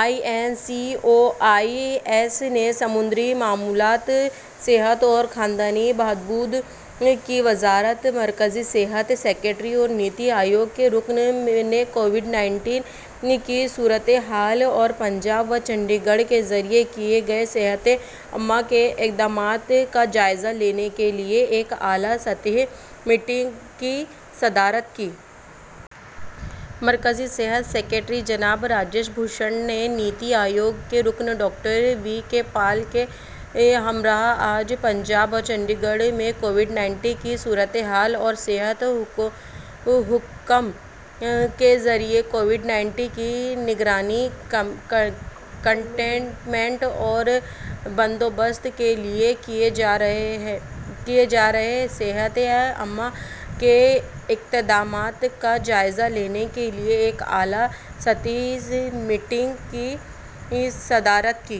I N C O I S نے سمندری معلومات... صحت اور خاندانی بہبود کی وزارت مرکزی صحت سکریٹری اور نیتی آیوگ کے رکن نے کووڈ-انیس کی صورتحال اور پنجاب و چندی گڑھ کے ذریعے کیے گئے صحتِ عامہ کے اقدامات کا جائزہ لینے کے لیے ایک اعلیٰ سطحی میٹنگ کی صدارت کی۔ مرکزی صحت سکریٹری جناب راجیش بھوشن نے نیتی آیوگ کے رکن ڈاکٹر وی کے پال کے ہمراہ آج پنجاب اور چنڈی گڑھ میں کووڈ-انیس کی صورتحال اور صحت حکام کے ذریعے کووڈ-انیس کی نگرانی، کنٹینمنٹ اور بندوبست کے لیے کیے جا رہے صحتِ عامہ کے اقدامات کا جائزہ لینے کے لیے ایک اعلیٰ سطحی میٹنگ کی صدارت کی۔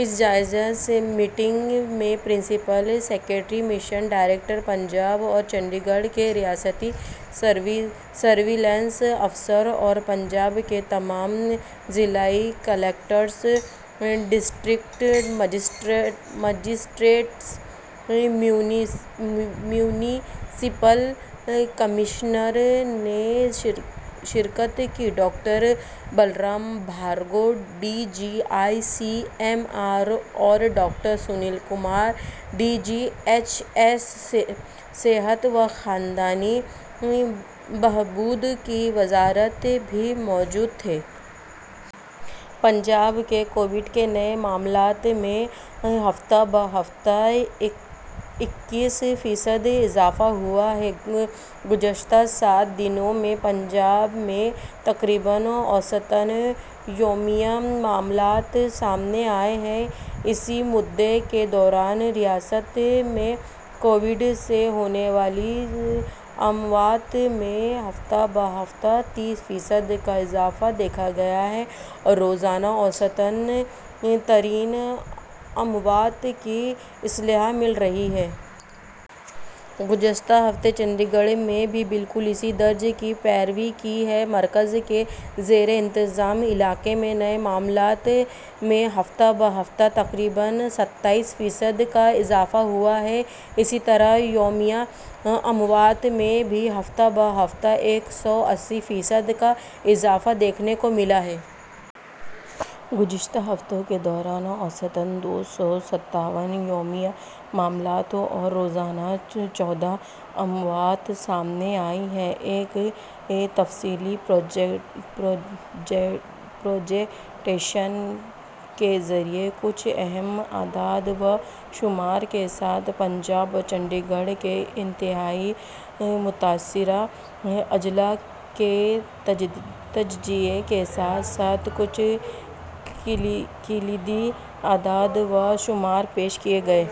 اس جائزہ میٹنگ میں principal secretary, mission director, Punjab اور چنڈی گڑھ کے ریاستی سرویلنس افسر اور پنجاب کے تمام ضلعی کلکٹرز/ڈسٹرکٹ مجسٹریٹس/میونسپل کمشنرز نے شرکت کی۔ Doctor Balram Bhargava, D G, I C M R اور doctor Sunil Kumar, D G H S, صحت و خاندانی بہبود کی وزارت بھی موجود تھے۔ پنجاب میں کووڈ کے نئے معاملات میں ہفتہ بہ ہفتہ اکیس فیصد اضافہ ہوا ہے۔ گزشتہ سات دنوں میں پنجاب میں تقریباً اوسطاً یومیہ معاملات سامنے آئے ہیں۔ اسی مدت کے دوران ریاست میں کووڈ سے ہونے والی اموات میں ہفتہ بہ ہفتہ تیس فیصد کا اضافہ دیکھا گیا ہے اور روزانہ اوسطاً ترپن اموات کی اطلاع مل رہی ہے۔ گزشتہ ہفتے چنڈی گڑھ نے بھی بالکل اسی طرز کی پیروی کی ہے۔ مرکز کے زیرِ انتظام علاقے میں نئے معاملات میں ہفتہ بہ ہفتہ تقریباً ستائیس فیصد کا اضافہ ہوا ہے۔ اسی طرح یومیہ اموات میں بھی ہفتہ بہ ہفتہ ایک سو اسی فیصد کا اضافہ دیکھنے کو ملا ہے۔ گزشتہ ہفتے کے دوران اوسطاً دو سو ستاون یومیہ معاملات اور روزانہ چودہ اموات سامنے آئی ہیں۔ ایک تفصیلی پریزنٹیشن کے ذریعے کچھ اہم اعداد و شمار کے ساتھ پنجاب اور چندی گڑھ کے انتہائی متاثرہ اضلاع کے تجزیے کے ساتھ ساتھ کچھ کلیدی اعداد و شمار پیش کیے گئے۔